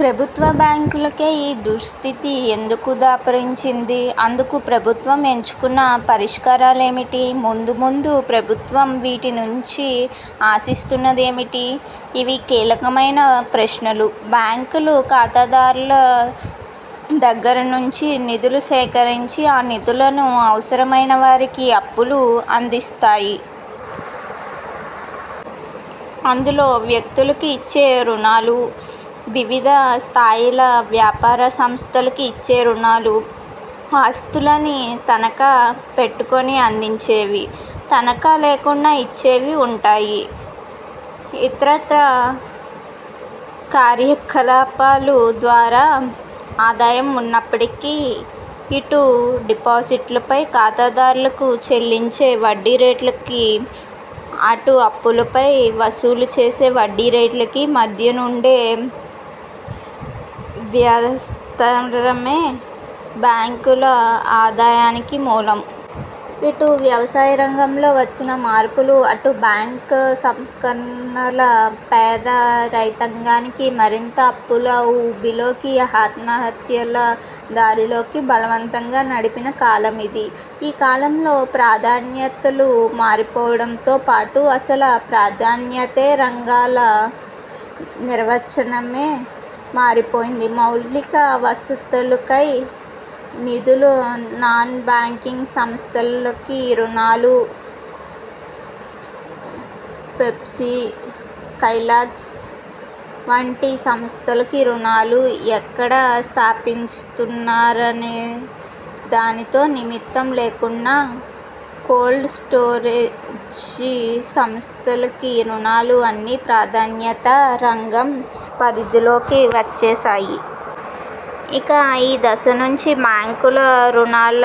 ప్రభుత్వ బ్యాంకులకే ఈ దుస్థితి ఎందుకు దాపురించింది? అందుకు ప్రభుత్వం ఎంచుకున్న పరిష్కారాలు ఏమిటి? ముందు, ముందు ప్రభుత్వం వీటి నుంచి ఆశిస్తున్నది ఏమిటి? ఇవి కీలకమైన ప్రశ్నలు. బ్యాంకులు ఖాతాదారుల దగ్గర నుంచి నిధులు సేకరించి, ఆ నిధులను అవసరమైన వారికి అప్పులు అందిస్తాయి. అందులో, వ్యక్తులకి ఇచ్చే రుణాలు, వివిధ స్థాయిల వ్యాపారసంస్థలకి ఇచ్చే రుణాలు, ఆస్తులని తనఖా పెట్టుకుని అందించేవి, తనఖా లేకుండా ఇచ్చేవి వుంటాయి. ఇతరత్రా కార్యకలాపాల ద్వారా ఆదాయం ఉన్నప్పటికీ, ఇటు డిపాజిట్లపై ఖాతాదారులకు చెల్లించే వడ్డీరేట్లకీ, అటు అప్పులపై వసూలు చేసే వడ్డీ రేట్లకీ మధ్యనుండే వ్యతారమే బ్యాంకుల ఆదాయానికి మూలం. ఇటు వ్యవసాయరంగంలో వచ్చిన మార్పులు, అటు బ్యాంకుల సంస్కరణలు పేద రైతాంగాన్ని మరింతగా అప్పుల ఊబిలోకి, ఆత్మహత్యల దారిలోకి బలవంతంగా నడిపిన కాలమిది. ఈ కాలంలో ప్రాధాన్యతలు మారిపోవడంతో పాటు, అసల 'ప్రాధాన్యతే రంగాల' నిర్వచనమే మారిపోయింది. మౌలిక వసతులకై నిధులు, నాన్ బ్యాంకింగ్ సంస్థలకి రుణాలు, పెప్సీ, కైలాస్ వంటి సంస్థలకి రుణాలు, ఎక్కడ స్థాపిస్తున్నారనే దానితో నిమిత్తం లేకుండా కోల్డ్ స్టోరేజీ సంస్థలకి రుణాలు అన్నీ 'ప్రాధాన్యతా రంగం' పరిధిలోకి వచ్చేశాయి! ఇక ఈ దశ నుంచి, బ్యాంకుల రుణాల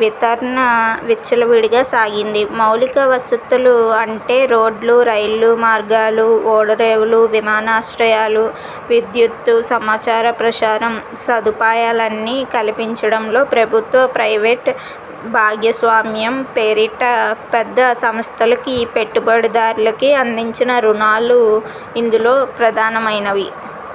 వితరణ విచ్చలవిడిగా సాగింది. మౌలిక వసతులు అంటే – రోడ్లు, రైలు మార్గాలు, ఓడరేవులు, విమానాశ్రయాలు, విద్యుత్తు, సమాచార ప్రసారం సదుపాయాలని కల్పించడంలో – ప్రభుత్వ, ప్రైవేటు భాగస్వామ్యం పేరిట పెద్ద సంస్థలకీ, పెట్టుబడిదారులకీ అందించిన రుణాలు ఇందులో ప్రధానమైనవి.